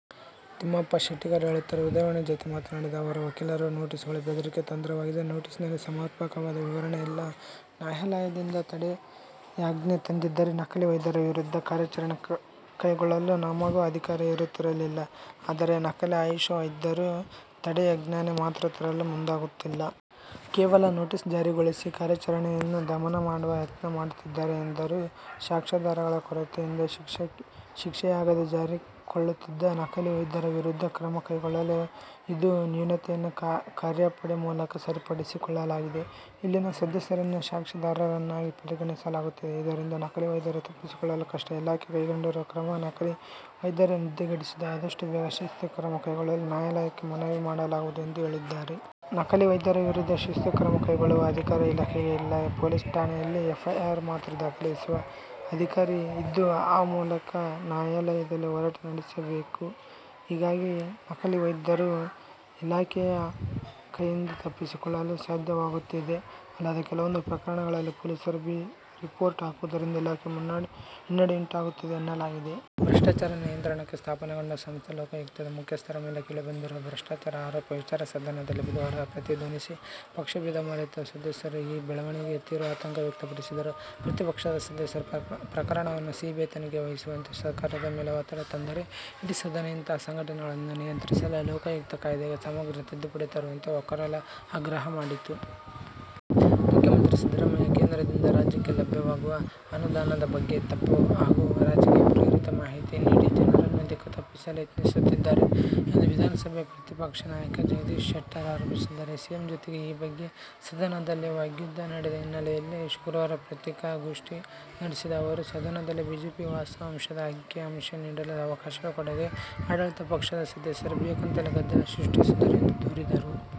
ತಿಮ್ಮಪ್ಪ ಶೆಟ್ಟಿಗಾರ್ ಹೇಳುತ್ತಾರೆ. ''''''ಉದಯವಾಣಿ'' ಜತೆ ಮಾತನಾಡಿದ ಅವರು, ವಕೀಲರ ನೋಟಿಸ್ಗಳು ಬೆದರಿಕೆ ತಂತ್ರವಾಗಿದೆ. ನೋಟಿಸ್ನಲ್ಲಿ ಸಮರ್ಪಕವಾದ ವಿವರಣೆ ಇಲ್ಲ. ನ್ಯಾಯಾಲಯದಿಂದ ತಡೆಯಾಜ್ಞೆ ತಂದಿದ್ದರೆ ನಕಲಿ ವೈದ್ಯರ ವಿರುದ್ಧ ಕಾರ್ಯಾಚರಣೆ ಕೈಗೊಳ್ಳಲು ನಮಗೂ ಅಧಿಕಾರ ಇರುತ್ತಿರಲಿಲ್ಲ. ಆದರೆ, ನಕಲಿ ಆಯುಷ್ ವೈದ್ಯರು ತಡೆಯಾಜ್ಞೆ ಮಾತ್ರ ತರಲು ಮುಂದಾಗುತ್ತಿಲ್ಲ. ಕೇವಲ ನೋಟಿಸ್ ಜಾರಿಗೊಳಿಸಿ ಕಾರ್ಯಾಚರಣೆಯನ್ನು ದಮನ ಮಾಡುವ ಯತ್ನ ಮಾಡುತ್ತಿದ್ದಾರೆ ಎಂದರು. ಸಾಕ್ಷ್ಯಾಧಾರಗಳ ಕೊರತೆಯಿಂದ ಶಿಕ್ಷೆಯಾಗದೆ ಜಾರಿಕೊಳ್ಳುತ್ತಿದ್ದ ನಕಲಿ ವೈದ್ಯರ ವಿರುದ್ಧ ಕ್ರಮ ಕೈಗೊಳ್ಳಲು ಇದ್ದ ನ್ಯೂನತೆಯನ್ನು ಕಾರ್ಯಪಡೆ ಮೂಲಕ ಸರಿಪಡಿಸಿಕೊಳ್ಳಲಾಗಿದೆ. ಇಲ್ಲಿನ ಸದಸ್ಯರನ್ನು ಸಾಕ್ಷಿದಾರರನ್ನಾಗಿ ಪರಿಗಣಿಸಲಾಗುತ್ತಿದೆ. ಇದರಿಂದ ನಕಲಿ ವೈದ್ಯರು ತಪ್ಪಿಸಿಕೊಳ್ಳಲು ಕಷ್ಟ. ಇಲಾಖೆ ಕೈಗೊಂಡಿರುವ ಕ್ರಮ ನಕಲಿ ವೈದ್ಯರ ನಿದ್ದೆಗೆಡಿಸಿದ್ದು, ಅದಷ್ಟು ಬೇಗ ಶಿಸ್ತು ಕ್ರಮ ಕೈಗೊಳ್ಳಲು ನ್ಯಾಯಾಲಯಕ್ಕೆ ಮನವಿ ಮಾಡಲಾಗುವುದು ಎಂದು ಹೇಳಿದ್ದಾರೆ. ನಕಲಿ ವೈದ್ಯರ ವಿರುದ್ಧ ಶಿಸ್ತು ಕ್ರಮ ಕೈಗೊಳ್ಳುವ ಅಧಿಕಾರ ಇಲಾಖೆಗೆ ಇಲ್ಲ. ಪೊಲೀಸ್ ಠಾಣೆಯಲ್ಲಿ ಎಫ್ಐಆರ್ ಮಾತ್ರ ದಾಖಲಿಸುವ ಅಧಿಕಾರಿ ಇದ್ದು, ಆ ಮೂಲಕ ನ್ಯಾಯಾಲಯದಲ್ಲಿ ಹೋರಾಟ ನಡೆಸಬೇಕು. ಹೀಗಾಗಿ ನಕಲಿ ವೈದ್ಯರು ಇಲಾಖೆಯ ಕೈಯಿಂದ ತಪ್ಪಿಸಿಕೊಳ್ಳಲು ಸಾಧ್ಯವಾಗುತ್ತಿದೆ. ಅಲ್ಲದೆ, ಕೆಲವೊಂದು ಪ್ರಕರಣಗಳಲ್ಲಿ ಪೊಲೀಸರು ಬಿ ರಿಪೋರ್ಟ್ ಹಾಕುವುದರಿಂದ ಇಲಾಖೆಗೆ ಹಿನ್ನೆಡೆಯುಂಟಾಗುತ್ತಿದೆ ಎನ್ನಲಾಗಿದೆ. ಭ್ರಷ್ಟಾಚಾರ ನಿಯಂತ್ರಣಕ್ಕೆ ಸ್ಥಾಪನೆಗೊಂಡ ಸಂಸ್ಥೆ ಲೋಕಾಯುಕ್ತದ ಮುಖ್ಯಸ್ಥರ ಮೇಲೆ ಕೇಳಿ ಬಂದಿರುವ ಭ್ರಷ್ಟಾಚಾರ ಆರೋಪ ವಿಚಾರ ಸದನದಲ್ಲಿ ಬುಧವಾರ ಪ್ರತಿಧ್ವನಿಸಿ, ಪಕ್ಷಭೇದ ಮರೆತು ಸದಸ್ಯರು ಈ ಬೆಳವಣಿಗೆಗೆ ತೀವ್ರ ಆತಂಕ ವ್ಯಕ್ತಪಡಿಸಿದರು. ಪ್ರತಿಪಕ್ಷದ ಸದಸ್ಯರು ಪ್ರಕರಣವನ್ನು ಸಿಬಿಐ ತನಿಖೆಗೆ ವಹಿಸುವಂತೆ ಸರ್ಕಾರದ ಮೇಲೆ ಒತ್ತಡ ತಂದರೆ, ಇಡೀ ಸದನ ಇಂತಹ ಘಟನೆಗಳನ್ನು ನಿಯಂತ್ರಿಸಲು ಲೋಕಾಯುಕ್ತ ಕಾಯ್ದೆಗೆ ಸಮಗ್ರ ತಿದ್ದುಪಡಿ ತರುವಂತೆ ಒಕ್ಕೊರಲ ಆಗ್ರಹ ಮಾಡಿತು. ಮುಖ್ಯಮಂತ್ರಿ ಸಿದ್ದರಾಮಯ್ಯ ಕೇಂದ್ರದಿಂದ ರಾಜ್ಯಕ್ಕೆ ಲಭ್ಯವಾಗುವ ಅನುದಾನದ ಬಗ್ಗೆ ತಪ್ಪು ಹಾಗೂ ರಾಜಕೀಯ ಪ್ರೇರಿತ ಮಾಹಿತಿ ನೀಡಿ ಜನರನ್ನು ದಿಕ್ಕು ತಪ್ಪಿಸಲು ಯತ್ನಿಸುತ್ತಿದ್ದಾರೆ ಎಂದು ವಿಧಾನಸಭೆಯ ಪ್ರತಿಪಕ್ಷ ನಾಯಕ ಜಗದೀಶ್ ಶೆಟ್ಟರ್ ಆರೋಪಿಸಿದ್ದಾರೆ. ಸಿಎಂ ಜತೆಗೆ ಈ ಬಗ್ಗೆ ಸದನದಲ್ಲಿ ವಾಗ್ಯುದ್ಧ ನಡೆದ ಹಿನ್ನೆಲೆಯಲ್ಲಿ ಶುಕ್ರವಾರ ಪತ್ರಿಕಾಗೋಷ್ಠಿ ನಡೆಸಿದ ಅವರು, ಸದನದಲ್ಲಿ ಬಿಜೆಪಿ ವಾಸ್ತವಾಂಶದ ಅಂಕಿ-ಅಂಶ ನೀಡಲು ಅವಕಾಶವೇ ಕೊಡದೆ ಆಡಳಿತ ಪಕ್ಷದ ಸದಸ್ಯರು ಬೇಕಂತಲೇ ಗದ್ದಲ ಸೃಷ್ಟಿಸಿದರು ಎಂದು ದೂರಿದರು.